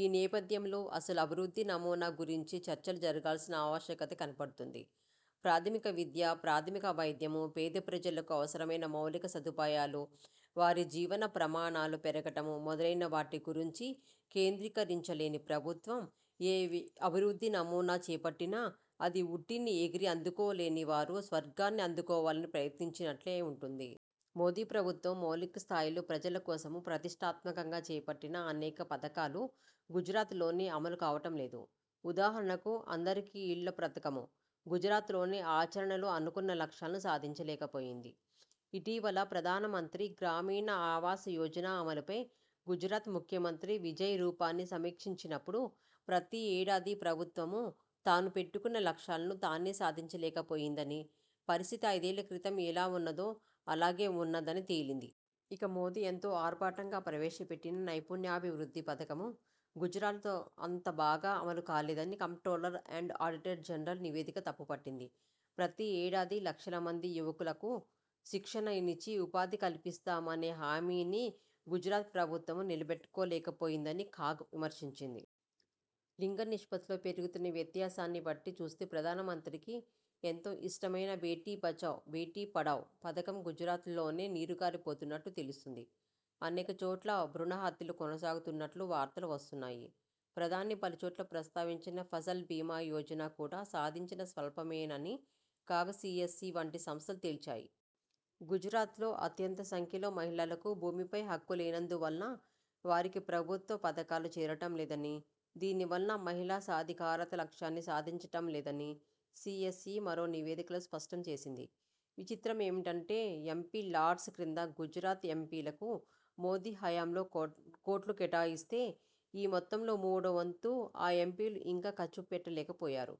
ఈ నేపథ్యంలో అసలు అభివృద్ధి నమూనా గురించే చర్చ జరగాల్సిన ఆవశ్యకత కనపడుతున్నది. ప్రాథమిక విద్య, ప్రాథమిక వైద్యం, పేద ప్రజలకు అవసరమైన మౌలిక సదుపాయాలు, వారి జీవన ప్రమాణాలు పెరగడం మొదలైన వాటి గురించి కేంద్రీకరించలేని ప్రభుత్వం ఏ అభివృద్ధి నమూనా చేపట్టినా అది ఉట్టిని ఎగిరి అందుకోలేని వారు స్వర్గాన్ని అందుకోవాలని ప్రయత్నించినట్లే ఉంటుంది. మోదీ ప్రభుత్వం మౌలిక స్థాయిలో ప్రజలకోసం ప్రతిష్టాత్మకంగా చేపట్టిన అనేక పథకాలు గుజరాత్లోనే అమలు కావడం లేదు. ఉదాహరణకు 'అందరికీ ఇళ్లు' పథకం గుజరాత్లోనే ఆచరణలో అనుకున్న లక్ష్యాలను సాధించలేకపోయింది. ఇటీవల ప్రధానమంత్రి గ్రామీణ ఆవాస్ యోజన అమలుపై గుజరాత్ ముఖ్యమంత్రి విజయ్ రూపానీ సమీక్షించినప్పుడు ప్రతి ఏడాదీ ప్రభుత్వం తాను పెట్టుకున్న లక్ష్యాలను తానే సాధించలేకపోయిందని, పరిస్థితి అయిదేళ్ల క్రితం ఎలా ఉన్నదో అలాగే ఉన్నదని తేలింది. ఇక మోదీ ఎంతో ఆర్భాటంగా ప్రవేశపెట్టిన నైపుణ్యాభివృద్ధి పథకం గుజరాత్లో అంత బాగా అమలు కాలేదని కంప్ట్రోలర్ అండ్ ఆడిటర్ జనరల్ నివేదిక తప్పు పట్టింది. ప్రతి ఏడాదీ లక్షల మంది యువకులకు శిక్షణ నిచ్చి ఉపాధి కల్పిస్తామనే హామీని గుజరాత్ ప్రభుత్వం నిలబెట్టుకోలేకపోయిందని కాగ్ విమర్శించింది. లింగ నిష్పత్తిలో పెరుగుతున్న వ్యత్యాసాన్ని బట్టి చూస్తే ప్రధానమంత్రికి ఎంతో ఇష్టమైన 'బేటీ బచావో– బేటీ పడావో' పథకం గుజరాత్లోనే నీరుగారిపోతున్నట్లు తెలుస్తోంది. అనేక చోట్ల భ్రూణ హత్యలు కొనసాగుతున్నట్లు వార్తలు వస్తున్నాయి. ప్రధాని పలుచోట్ల ప్రస్తావించిన ఫసల్ బీమాయోజన కూడా సాధించింది స్వల్పమేనని కాగ్, సీఎస్ఈ వంటి సంస్థలు తేల్చాయి. గుజరాత్లో అత్యధిక సంఖ్యలో మహిళలకు భూమిపై హక్కు లేనందువల్ల వారికి ప్రభుత్వ పథకాలు చేరడంలేదని, దీనివల్ల మహిళా సాధికారత లక్ష్యాన్ని సాధించడంలేదని సీఎస్ఈ మరో నివేదికలో స్పష్టం చేసింది. విచిత్రమేమంటే ఎంపీ లాడ్స్ క్రింద గుజరాత్ ఎంపీలకు మోదీ హయాంలో కోట్లు కేటాయిస్తే, ఈ మొత్తంలో మూడోవంతు ఆ ఎంపీలు ఇంకా ఖర్చుపెట్టలేకపోయారు.